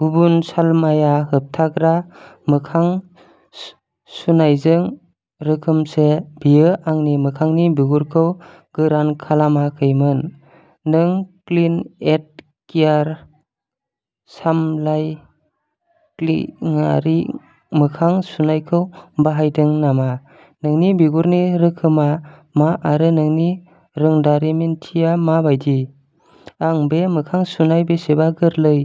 गुबुन सालमाया होबथाग्रा मोखां सु सुनायजों रोखोमसे, बेयो आंनि मोखांनि बिगुरखौ गोरान खालामाखैमोन। नों क्लिन एन्ड कियार सालमाय क्लिङारि मोखां सुनायखौ बाहायदों नामा? नोंनि बिगुरनि रोखोमआ मा आरो नोंनि रोंमोनदांथिया मा बायदि? आं बे मोखां सुनाय बेसेबा गोरलै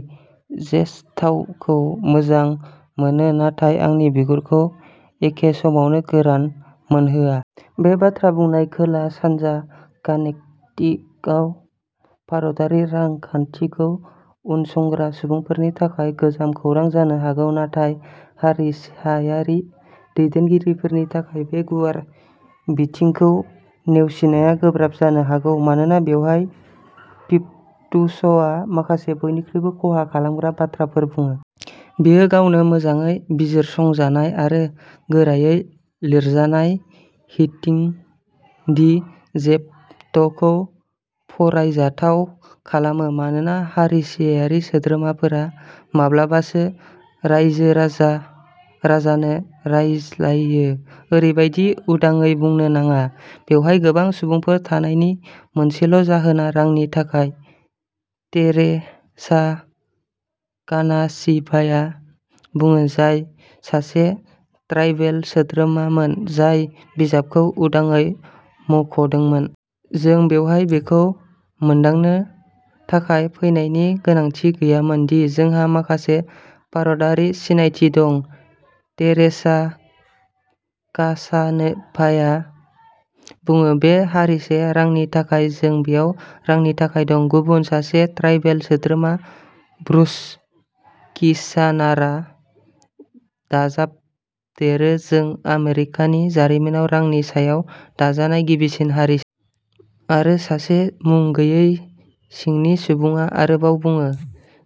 जेप्स थावखौ मोजां मोनो नाथाय आंनि बिगुरखौ एखे समावनो गोरान मोनहोआ? बे बाथ्रा बुंनाया खोला-सानजा कानेक्टिकआव भारतारि रांखान्थिखौ उनसंग्रा सुबुंफोरनि थाखाय गोजाम खौरां जानो हागौ। नाथाय हारिसायारि दैदेनगिरिफोरनि थाखाय बे गुवार बिथिंखौ नेवसिनाया गोब्राब जानो हागौ मानोना बेवहाय पिकुवट्सआ माखासे बयनिख्रुइबो खहा खालामग्रा बाथ्राफोर बुङो। बेयो गावनो मोजाङै बिजिरसंजानाय आरो गोरायै लिरजानाय "हिटिं दि जेकट" खौ फरायजाथाव खालामो, मानोना हारिसायारि सोद्रोमाफोरा माब्लाबासो रायजो राजा राजानो रायज्लायो, ओरैबादि उदाङै बुंनो नाङा। "बेवहाय गोबां सुबुंफोर थानायनि मोनसेल'जाहोना रांनि थाखाय। थेरेसा कानासिभाया बुङो, जाय सासे ट्राइबेल सोद्रोमामोन, जाय बिजाबाव उदाङै मुंख'दोंमोन। जों बेवहाय बेखौ मोनदांनो थाखाय फैनायनि गोनांथि गैयामोन दि जोंहा माखासे भारतारि सिनायथि दं ", थेरेसा कासानोभाया बुङो। " बे हारिसाया रांनि थाखाय। जों बेयाव रांनि थाखाय दं। "गुबुन सासे ट्राइबेल सोद्रोमा, ब्रुस किर्चनारआ दाजाबदेरो," जों आमेरिकानि जारिमिनाव रांनि सायाव दाजानाय गिबिसिन हारिसा। "आरो सासे मुं गैयै सिंनि सुबुंआ आरोबाव बुङो,"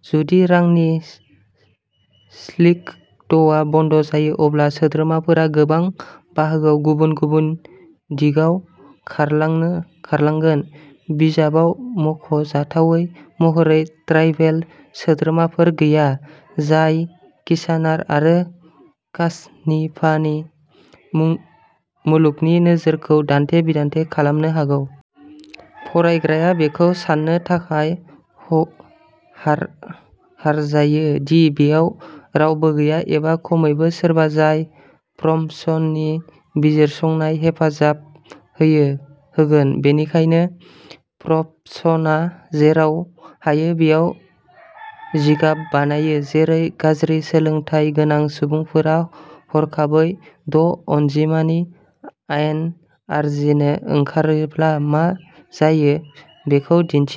जुदि रांनि स्लिग'टआ बन्द जायो, अब्ला सोद्रोमाफोरा गोबां बाहागोआव गुबुन गुबुन दिगाव खारलाङो खारलांगोन। "बिजाबाव मुंख'जाथावै महरै ट्राइबेल सोद्रोमाफोर गैया, जाय किर्चनार आरो कासानिभानि मुलुगनि नोजोरखौ दान्थे-बिदान्थे खालामनो हागौ। फरायग्राया बेखौ सान्नो थाखाय ह हार हारजायो दि बेयाव रावबो गैया, एबा खमैबो सोरबा जाय फ्रमसननि बिजिरसंनायाव हेफाजाब थायो होगोन। बेनिखायनो फ्रमसनआ जेराव हायो बैयाव जिगाब बानायो, जेरै गाज्रि सोलोंथाय गोनां सुबुंफोरा हरखाबै द'अनजिमानि आयेन आर्जिनो ओंखारोब्ला मा जायो बेखौ दिन्थिनाय।